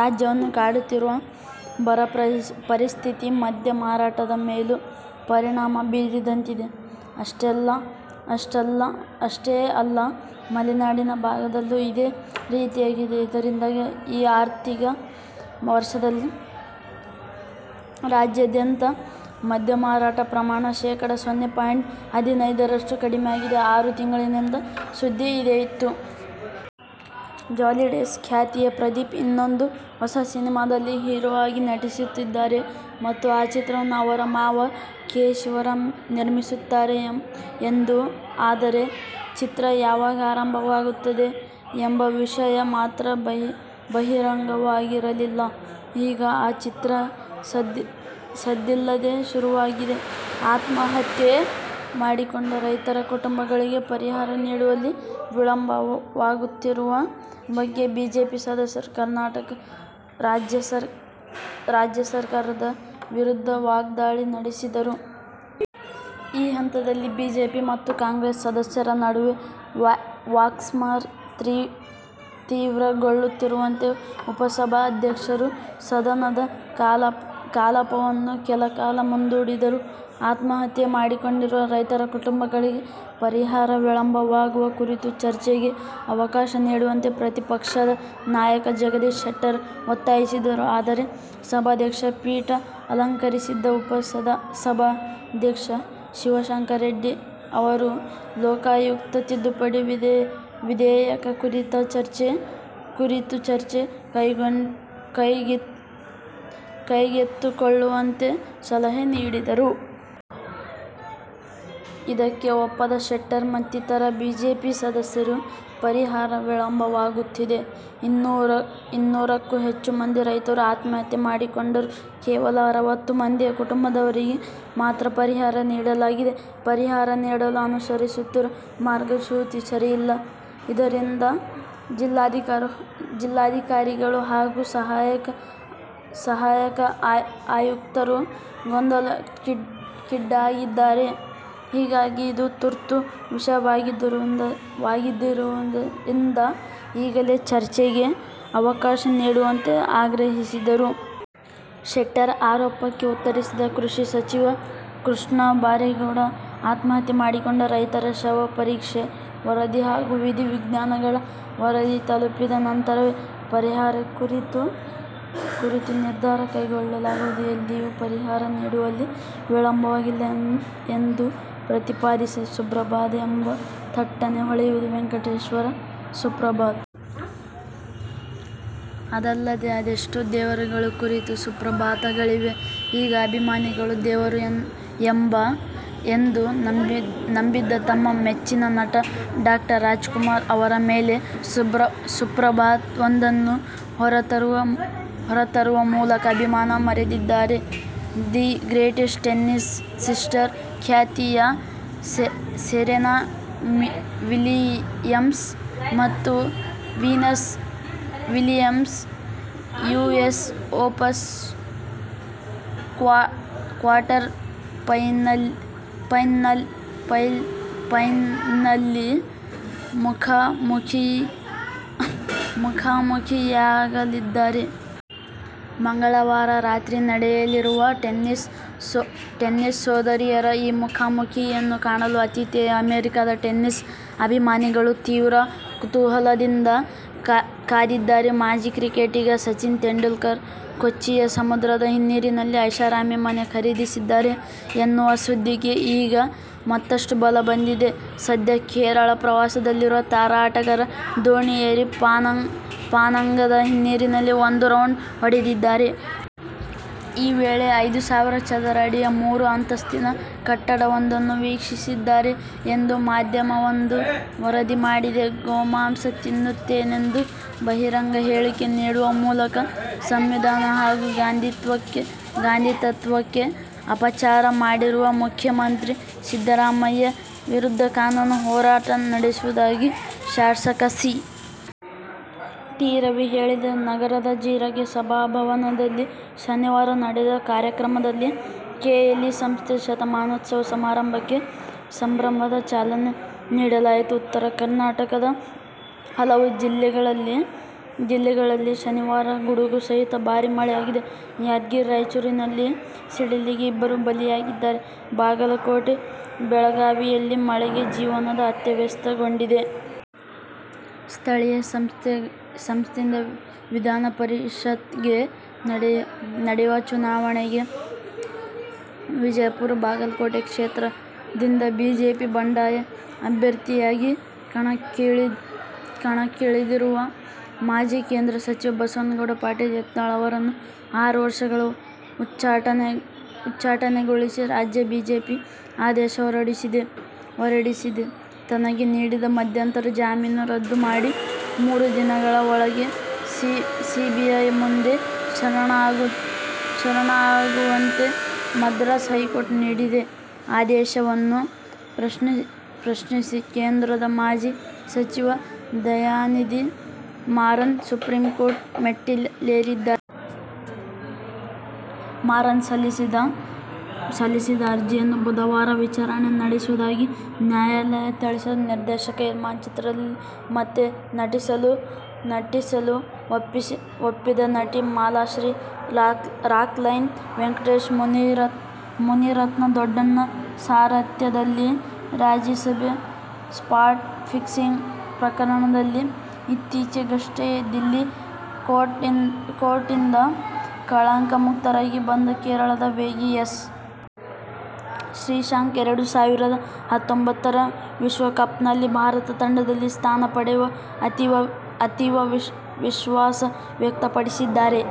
ರಾಜ್ಯವನ್ನು ಕಾಡುತ್ತಿರುವ ಬರ ಪರಿಸ್ಥಿತಿ ಮದ್ಯ ಮಾರಾಟದ ಮೇಲೂ ಪರಿಣಾಮ ಬೀರಿದಂತಿದೆ. ಅಷ್ಟೇ ಅಲ್ಲ, ಮಲೆನಾಡಿನ ಭಾಗದಲ್ಲೂ ಇದೇ ರೀತಿಯಾಗಿದೆ. ಇದರಿಂದಾಗಿ ಈ ಆರ್ಥಿಕ ವರ್ಷದಲ್ಲಿ ರಾಜ್ಯಾದ್ಯಂತ ಮದ್ಯ ಮಾರಾಟ ಪ್ರಮಾಣ ಶೇಖಡ ಸೊನ್ನೆ ಪಾಯಿಂಟ್ ಹದಿನೈದರಷ್ಟು ಕಡಿಮೆಯಾಗಿದೆ. ಆರು ತಿಂಗಳಿನಿಂದ ಸುದ್ದಿ ಇದ್ದೇ ಇತ್ತು. ಜಾಲಿಡೇಸ್' ಖ್ಯಾತಿಯ ಪ್ರದೀಪ್ ಇನ್ನೊಂದು ಹೊಸ ಸಿನಿಮಾದಲ್ಲಿ ಹೀರೋ ಆಗಿ ನಟಿಸುತ್ತಿದ್ದಾರೆ ಮತ್ತು ಆ ಚಿತ್ರವನ್ನು ಅವರ ಮಾವ ಕೆ. ಶಿವರಾಂ ನಿರ್ಮಿಸುತ್ತಾರೆ ಎಂದು. ಆದರೆ, ಚಿತ್ರ ಯಾವಾಗ ಆರಂಭವಾಗುತ್ತದೆ ಎಂಬ ವಿಷಯ ಮಾತ್ರ ಬಹಿರಂಗವಾಗಿರಲಿಲ್ಲ. ಈಗ ಆ ಚಿತ್ರ ಸದ್ದಿಲ್ಲದೆ ಶುರುವಾಗಿದೆ. ಆತ್ಮಹತ್ಯೆ ಮಾಡಿಕೊಂಡ ರೈತರ ಕುಟುಂಬಗಳಿಗೆ ಪರಿಹಾರ ನೀಡುವಲ್ಲಿ ವಿಳಂಬವಾಗುತ್ತಿರುವ ಬಗ್ಗೆ ಬಿಜೆಪಿ ಸದಸ್ಯರು ರಾಜ್ಯ ಸರ್ಕಾರದ ವಿರುದ್ಧ ವಾಗ್ಧಾಳಿ ನಡೆಸಿದರು. ಈ ಹಂತದಲ್ಲಿ ಬಿಜೆಪಿ ಮತ್ತು ಕಾಂಗ್ರೆಸ್ ಸದಸ್ಯರ ನಡುವೆ ವಾಕ್ಸಮರ ತೀವ್ರಗೊಳ್ಳುತ್ತಿರುವಂತೆ ಉಪಸಭಾಧ್ಯಕ್ಷರು ಸದನದ ಕಲಾಪವನ್ನು ಕೆಲಕಾಲ ಮುಂದೂಡಿದರು. ಆತ್ಮಹತ್ಯೆ ಮಾಡಿಕೊಂಡಿರುವ ರೈತರ ಕುಟುಂಬಗಳಿಗೆ ಪರಿಹಾರ ವಿಳಂಬವಾಗುವ ಕುರಿತು ಚರ್ಚೆಗೆ ಅವಕಾಶ ನೀಡುವಂತೆ ಪ್ರತಿಪಕ್ಷದ ನಾಯಕ ಜಗದೀಶ್ ಶೆಟ್ಟರ್ ಒತ್ತಾಯಿಸಿದರು. ಆದರೆ, ಸಭಾಧ್ಯಕ್ಷ ಪೀಠ ಅಲಂಕರಿಸಿದ್ದ ಉಪಸಭಾಧ್ಯಕ್ಷ ಶಿವಶಂಕರರೆಡ್ಡಿ ಅವರು ಲೋಕಾಯುಕ್ತ ತಿದ್ದುಪಡಿ ವಿಧೇಯಕ ಕುರಿತ ಚರ್ಚೆ ಕೈಗೆತ್ತಿಕೊಳ್ಳುವಂತೆ ಸಲಹೆ ನೀಡಿದರು. ಇದಕ್ಕೆ ಒಪ್ಪದ ಶೆಟ್ಟರ್ ಮತ್ತಿತರ ಬಿಜೆಪಿ ಸದಸ್ಯರು ಪರಿಹಾರ ವಿಳಂಬವಾಗುತ್ತಿದೆ. ಇನ್ನೂರಕ್ಕೂ ಹೆಚ್ಚು ಮಂದಿ ರೈತರು ಆತ್ಮಹತ್ಯೆ ಮಾಡಿಕೊಂಡರೂ ಕೇವಲ ಅರವತ್ತು ಮಂದಿಯ ಕುಟುಂಬದವರಿಗೆ ಮಾತ್ರ ಪರಿಹಾರ ನೀಡಲಾಗಿದೆ. ಪರಿಹಾರ ನೀಡಲು ಅನುಸರಿಸುತ್ತಿರುವ ಮಾರ್ಗಸೂಚಿ ಸರಿಯಿಲ್ಲ. ಇದರಿಂದ ಜಿಲ್ಲಾಧಿಕಾರಿಗಳು ಹಾಗೂ ಸಹಾಯಕ ಆಯುಕ್ತರು ಗೊಂದಲಕ್ಕೀಡಾಗಿದ್ದಾರೆ. ಹೀಗಾಗಿ ಇದು ತುರ್ತು ವಿಷಯವಾಗಿರುವುದರಿಂದ ಈಗಲೇ ಚರ್ಚೆಗೆ ಅವಕಾಶ ನೀಡುವಂತೆ ಆಗ್ರಹಿಸಿದರು. ಶೆಟ್ಟರ್ ಆರೋಪಕ್ಕೆ ಉತ್ತರಿಸಿದ ಕೃಷಿ ಸಚಿವ ಕೃಷ್ಣ ಬೈರೇಗೌಡ, ಆತ್ಮಹತ್ಯೆ ಮಾಡಿಕೊಂಡ ರೈತರ ಶವಪರೀಕ್ಷೆ ವರದಿ ಹಾಗೂ ವಿಧಿ ವಿಜ್ಞಾನಗಳ ವರದಿ ತಲುಪಿದ ನಂತರವೇ ಪರಿಹಾರ ಕುರಿತು ನಿರ್ಧಾರ ಕೈಗೊಳ್ಳಲಾಗುವುದು. ಎಲ್ಲಿಯೂ ಪರಿಹಾರ ನೀಡುವಲ್ಲಿ ವಿಳಂಬವಾಗಿಲ್ಲ ಎಂದು ಪ್ರತಿಪಾದಿಸಿದರು. ಸುಪ್ರಭಾತ ಎಂದಾಕ್ಷಣ ಥಟ್ಟನೆ ಹೊಳೆಯುವುದು ವೆಂಕಟೇಶ್ವರ ಸುಪ್ರಭಾತ. ಅದಲ್ಲದೆ ಅದೆಷ್ಟೋ ದೇವರುಗಳ ಕುರಿತು ಸುಪ್ರಭಾತಗಳಿವೆ. ಈಗ ಅಭಿಮಾನಿಗಳು, ದೇವರು ಎಂದು ನಂಬಿದ್ದ ತಮ್ಮ ಮೆಚ್ಚಿನ ನಟ ಡಾ. ರಾಜ್ಕುಮಾರ್ ಅವರ ಮೇಲೆ ಸುಪ್ರಭಾತವೊಂದನ್ನು ಹೊರತರುವ ಮೂಲಕ ಅಭಿಮಾನ ಮೆರೆದಿದ್ದಾರೆ. ದಿ ಗ್ರೇಟೆಸ್ಟ್ ಟೆನ್ನಿಸ್ ಸಿಸ್ಟರ್' ಖ್ಯಾತಿಯ ಸೆರೆನಾ ವಿಲಿಯಮ್ಸ್ ಮತ್ತು Venus Williams US Open quarter ಫೈನಲ್ನಲ್ಲಿ ಮುಖಾಮುಖೀಯಾಗಲಿದ್ದಾರೆ. ಮಂಗಳವಾರ ರಾತ್ರಿ ನಡೆಯಲಿರುವ ಟೆನ್ನಿಸ್ ಸೋದರಿಯರ ಈ ಮುಖಾಮುಖೀಯನ್ನು ಕಾಣಲು ಆತಿಥೇಯ ಅಮೆರಿಕದ ಟೆನ್ನಿಸ್ ಅಭಿಮಾನಿಗಳು ತೀವ್ರ ಕುತೂಹಲದಿಂದ ಕಾದಿದ್ದಾರೆ. ಮಾಜಿ ಕ್ರಿಕೆಟಿಗ ಸಚಿನ್ ತೆಂಡುಲ್ಕರ್ ಕೊಚ್ಚಿಯ ಸಮುದ್ರದ ಹಿನ್ನೀರಿನಲ್ಲಿ ಐಷಾರಾಮಿ ಮನೆ ಖರೀದಿಸುತ್ತಾರೆ ಎನ್ನುವ ಸುದ್ದಿಗೆ ಈಗ ಮತ್ತಷ್ಟು ಬಲ ಬಂದಿದೆ. ಸದ್ಯ ಕೇರಳ ಪ್ರವಾಸದಲ್ಲಿರುವ ತಾರಾ ಆಟಗಾರ ದೋಣಿಯೇರಿ ಪಾನಂಗಡ ಹಿನ್ನೀರಿನಲ್ಲಿ ಒಂದು ರೌಂಡ್ ಹೊಡೆದಿದ್ದಾರೆ. ಈ ವೇಳೆ ಐದು ಸಾವಿರ ಚದರ ಅಡಿಯ ಮೂರು ಅಂತಸ್ತಿನ ಕಟ್ಟಡವೊಂದನ್ನು ವೀಕ್ಷಿಸಿದ್ದಾರೆ ಎಂದು ಮಾಧ್ಯಮವೊಂದು ವರದಿ ಮಾಡಿದೆ. ಗೋಮಾಂಸ ತಿನ್ನುತ್ತೇನೆಂದು ಬಹಿರಂಗ ಹೇಳಿಕೆ ನೀಡುವ ಮೂಲಕ ಸಂವಿಧಾನ ಹಾಗೂ ಗಾಂಧಿತತ್ವಕ್ಕೆ ಅಪಚಾರ ಮಾಡಿರುವ ಮುಖ್ಯಮಂತ್ರಿ ಸಿದ್ದರಾಮಯ್ಯ ವಿರುದ್ಧ ಕಾನೂನು ಹೋರಾಟ ನಡೆಸುವುದಾಗಿ ಶಾಸಕ ಸಿ. ಟಿ. ರವಿ ಹೇಳಿದರು. ನಗರದ ಜೀರಗೆ ಸಭಾಭವನದಲ್ಲಿ ಶನಿವಾರ ನಡೆದ ಕಾರ್ಯಕ್ರಮದಲ್ಲಿ ಕೆಎಲ್ಇ ಸಂಸ್ಥೆಯ ಶತಮಾನೋತ್ಸವ ಸಮಾರಂಭಕ್ಕೆ ಸಂಭ್ರಮದ ಚಾಲನೆ ನೀಡಲಾಯಿತು. ಉತ್ತರ ಕರ್ನಾಟಕದ ಹಲವು ಜಿಲ್ಲೆಗಳಲ್ಲಿ ಶನಿವಾರ ಗುಡುಗು ಸಹಿತ ಭಾರೀ ಮಳೆಯಾಗಿದೆ. ಯಾದಗಿರಿ, ರಾಯಚೂರಿನಲ್ಲಿ ಸಿಡಿಲಿಗೆ ಇಬ್ಬರು ಬಲಿಯಾಗಿದ್ದಾರೆ. ಬಾಗಲ ಕೋಟೆ, ಬೆಳಗಾವಿಯಲ್ಲಿ ಮಳೆಗೆ ಜನಜೀವನ ಅಸ್ತವ್ಯಸ್ತಗೊಂಡಿದೆ. ಸ್ಥಳೀಯ ಸಂಸ್ಥೆಯಿಂದ ವಿಧಾನಪರಿಷತ್ಗೆ ನಡೆಯುವ ಚುನಾವಣೆಗೆ ವಿಜಯಪುರ-ಬಾಗಲಕೋಟೆ ಕ್ಷೇತ್ರದಿಂದ ಬಿಜೆಪಿ ಬಂಡಾಯ ಅಭ್ಯರ್ಥಿಯಾಗಿ ಕಣಕ್ಕಿಳಿದಿರುವ ಮಾಜಿ ಕೇಂದ್ರ ಸಚಿವ ಬಸನಗೌಡ ಪಾಟೀಲ್ ಯತ್ನಾಳ್ ಅವರನ್ನು ಆರು ವರ್ಷಗಳ ಉಚ್ಛಾಟನೆಗೊಳಿಸಿ ರಾಜ್ಯ ಬಿಜೆಪಿ ಆದೇಶ ಹೊರಡಿಸಿದೆ. ತನಗೆ ನೀಡಿದ ಮಧ್ಯಂತರ ಜಾಮೀನು ರದ್ದು ಮಾಡಿ, ಮೂರು ದಿನಗಳ ಒಳಗೆ ಸಿಬಿಐ ಮುಂದೆ ಶರಣಾಗುವಂತೆ ಮದ್ರಾಸ್ ಹೈಕೋರ್ಟ್ ನೀಡಿದ ಆದೇಶವನ್ನು ಪ್ರಶ್ನಿಸಿ ಕೇಂದ್ರದ ಮಾಜಿ ಸಚಿವ ದಯಾನಿಧಿ ಮಾರನ್ ಸುಪ್ರೀಂಕೋರ್ಟ್ ಮೆಟ್ಟಿಲೇರಿದ್ದಾರೆ. ಮಾರನ್ ಸಲ್ಲಿಸಿದ್ದ ಅರ್ಜಿಯನ್ನು ಬುಧವಾರ ವಿಚಾರಣೆ ನಡೆಸುವುದಾಗಿ ನ್ಯಾಯಾಲಯ ತಿಳಿಸಿದೆ. ನಿರ್ದೇಶಕ ಇಮ್ರಾನ್ ಚಿತ್ರದಲ್ಲಿ ಮತ್ತೆ ನಟಿಸಲು ಒಪ್ಪಿದ ನಟಿ ಮಾಲಾಶ್ರೀ ರಾಕ್ಲೈನ್ ವೆಂಕಟೇಶ್, ಮುನಿರತ್ನ, ದೊಡ್ಡಣ್ಣ ಸಾರಥ್ಯದಲ್ಲಿ ರಾಜಿ ಸಭೆ. ಸ್ಪಾಟ್ ಫಿಕ್ಸಿಂಗ್ ಪ್ರಕರಣದಲ್ಲಿ ಇತ್ತೀಚೆಗಷ್ಟೇ ದಿಲ್ಲಿ ಕೋರ್ಟ್ನಿಂದ ಕಳಂಕ ಮುಕ್ತರಾಗಿ ಬಂದ ಕೇರಳದ ವೇಗಿ ಎಸ್. ಶ್ರೀಶಾಂತ್, ಎರಡು ಸಾವಿರದ ಹತೊಂಬತ್ತರ ವಿಶ್ವಕಪ್ನಲ್ಲಿ ಭಾರತ ತಂಡದಲ್ಲಿ ಸ್ಥಾನ ಪಡೆಯುವ ಅತೀವ ವಿಶ್ವಾಸ ವ್ಯಕ್ತಪಡಿಸಿದ್ದಾರೆ.